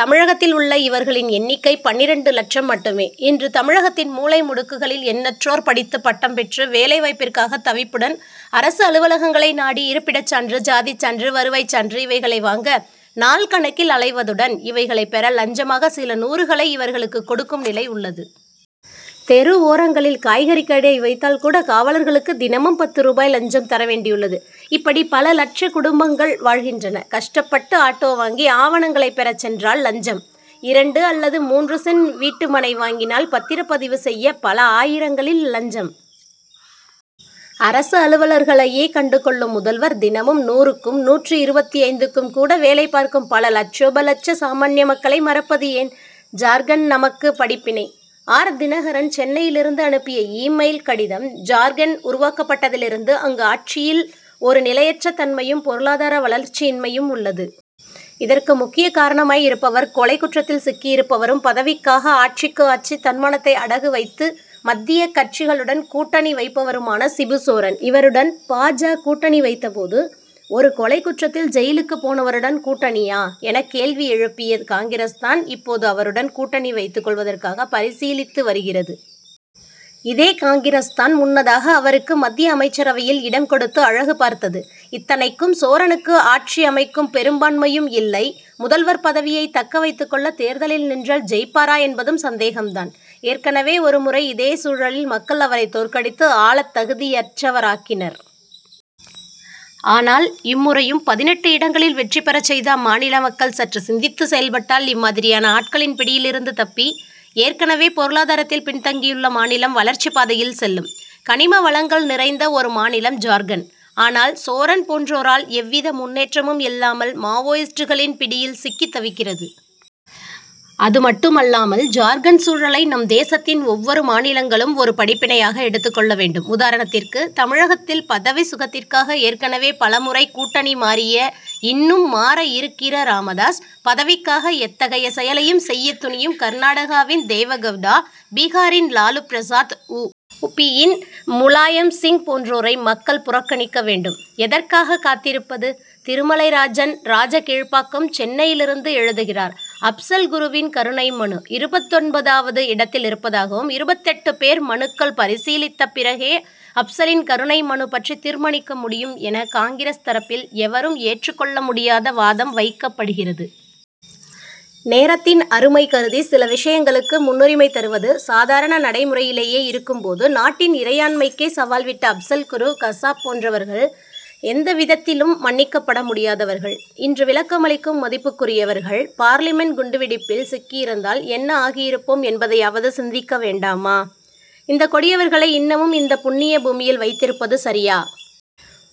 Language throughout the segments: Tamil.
தமிழகத்தில் உள்ள இவர்களின் எண்ணிக்கை பன்னிரண்டு லட்சம் மட்டுமே. இன்று, தமிழகத்தின் மூலை முடுக்குகளில் எண்ணற்றோர் படித்து பட்டம் பெற்று, வேலை வாய்ப்பிற்காக தவிப்புடன் அரசு அலுவலகங்களை நாடி, இருப்பிட சான்று, ஜாதி சான்று, வருவாய் சான்று இவைகளை வாங்க, நாள்கணக்கில் அலைவதுடன், இவைகளை பெற லஞ்சமாக சில நூறுகளை இவர்களுக்கு கொடுக்கும் நிலை உள்ளது. தெரு ஓரங்களில் காய்கறி கடை வைத்தால் கூட, காவலர்களுக்கு தினமும் பத்து ரூபாய் லஞ்சம் தரவேண்டி உள்ளது. இப்படி பல லட்ச குடும்பங்கள் வாழ்கின்றன. கஷ்டப்பட்டு ஆட்டோ வாங்கி, ஆவணங்களை பெற சென்றால் லஞ்சம். இரண்டு அல்லது மூன்று சென்ட் வீட்டு மனை வாங்கினால், பத்திரப் பதிவு செய்ய, பல ஆயிரங்களில் லஞ்சம். அரசு அலுவலர்களையே கண்டு கொள்ளும் முதல்வர், தினமும், நூறுக்கும் நூற்று இருபத்து ஐந்துக்கும் கூட வேலை பார்க்கும் பல லட்சோப லட்ச சாமான்ய மக்களை மறப்பது ஏன்? ஜார்க்கண்ட் நமக்கு படிப்பினை! ஆர். தினகரன், சென்னையிலிருந்து அனுப்பிய, இ-மெயில்' கடிதம்: ஜார்க்கண்ட் உருவாக்கப்பட்டதிலிருந்து, அங்கு ஆட்சியில் ஒரு நிலையற்ற தன்மையும், பொருளாதார வளர்ச்சியின்மையும் உள்ளது. இதற்கு முக்கிய காரணமாய் இருப்பவர், கொலைக் குற்றத்தில் சிக்கியிருப்பவரும், பதவிக்காக ஆட்சிக்கு ஆட்சி, தன்மானத்தை அடகு வைத்து, மத்திய கட்சிகளுடன் கூட்டணி வைப்பவருமான சிபு சோரன். இவருடன் பா. ஜ., கூட்டணி வைத்த போது, ஒரு கொலைக் குற்றத்தில் ஜெயிலுக்கு போனவருடன் கூட்டணியா? ' என கேள்வி எழுப்பிய காங்கிரஸ் தான், இப்போது அவருடன் கூட்டணி வைத்துக் கொள்வதற்காக பரிசீலித்து வருகிறது. இதே காங்கிரஸ் தான், முன்னதாக அவருக்கு மத்திய அமைச்சரவையில் இடம் கொடுத்து அழகு பார்த்தது. இத்தனைக்கும், சோரனுக்கு ஆட்சி அமைக்கும் பெரும்பான்மையும் இல்லை. முதல்வர் பதவியை தக்க வைத்துக் கொள்ள, தேர்தலில் நின்றால் ஜெயிப்பாரா என்பதும் சந்தேகம் தான். ஏற்கனவே ஒருமுறை இதே சூழலில், மக்கள் அவரை தோற்கடித்து, ஆள தகுதியற்றவராக்கினர். ஆனால், இம்முறையும் பதினெட்டு இடங்களில் வெற்றி பெற செய்த அம்மாநில மக்கள், சற்று சிந்தித்து செயல்பட்டால், இம்மாதிரியான ஆட்களின் பிடியிலிருந்து தப்பி, ஏற்கனவே பொருளாதாரத்தில் பின்தங்கியுள்ள மாநிலம், வளர்ச்சிப் பாதையில் செல்லும். கனிமவளங்கள் நிறைந்த ஒரு மாநிலம் ஜார்க்கண்ட். ஆனால், சோரன் போன்றோரால், எவ்வித முன்னேற்றமும் இல்லாமல், மாவோயிஸ்டுகளின் பிடியில் சிக்கி தவிக்கிறது. அதுமட்டுமல்லாமல், ஜார்க்கண்ட் சூழலை நம் தேசத்தின் ஒவ்வொரு மாநிலங்களும், ஒரு படிப்பினையாக எடுத்துக் கொள்ள வேண்டும். உதாரணத்திற்கு, தமிழகத்தில் பதவி சுகத்திற்காக, ஏற்கனவே பலமுறை கூட்டணி மாறிய, இன்னும் மாற இருக்கிற ராமதாஸ், பதவிக்காக எத்தகைய செயலையும் செய்ய துணியும் கர்நாடகாவின் தேவகவுடா, பீகாரின் லாலு பிரசாத், உ. பி.,யின் முலாயம் சிங் போன்றோரை, மக்கள் புறக்கணிக்க வேண்டும். எதற்காக காத்திருப்பது? திருமலைராஜன், ராஜகீழ்பாக்கம், சென்னையிலிருந்து எழுதுகிறார் அப்சல் குருவின் கருணை மனு, இருபத்தொன்பது வது இடத்தில் இருப்பதாகவும், இருபத்து எட்டு பேர் மனுக்கள் பரிசீலித்த பிறகே, அப்சலின் கருணை மனு பற்றி தீர்மானிக்க முடியும்' என, காங்கிரஸ் தரப்பில், எவரும் ஏற்று கொள்ள முடியாத வாதம் வைக்கப்படுகிறது. நேரத்தின் அருமை கருதி, சில விஷயங்களுக்கு முன்னுரிமை தருவது, சாதாரண நடைமுறையிலேயே இருக்கும் போது, நாட்டின் இறையாண்மைக்கே சவால்விட்ட அப்சல் குரு, கசாப் போன்றவர்கள் எந்தவிதத்திலும் மன்னிக்கப்பட முடியாதவர்கள். இன்று விளக்கமளிக்கும் மதிப்புக்குரியவர்கள், பார்லிமென்ட் குண்டுவெடிப்பில் சிக்கியிருந்தால், என்ன ஆகியிருப்போம் என்பதையாவது சிந்திக்க வேண்டாமா? இந்த கொடியவர்களை இன்னமும் இந்த புண்ணிய பூமியில் வைத்திருப்பது சரியா?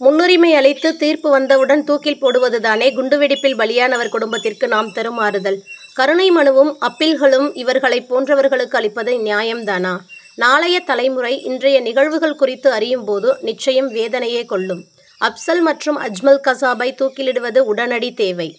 முன்னுரிமை அளித்து, தீர்ப்பு வந்தவுடன், தூக்கில் போடுவது தானே, குண்டுவெடிப்பில் பாலியானவர் குடும்பத்திற்கு நாம் தரும் ஆறுதல். கருணை மனுவும், அப்பீல்களும் இவர்களை போன்றவர்களுக்கு அளிப்பது நியாயம் தானா? நாளைய தலைமுறை, இன்றைய நிகழ்வுகள் குறித்து அறியும் போது, நிச்சயம் வேதனையே கொள்ளும். அப்சல் மற்றும் அஜ்மல் கசாபை தூக்கிலிடுவது உடனடி தேவை.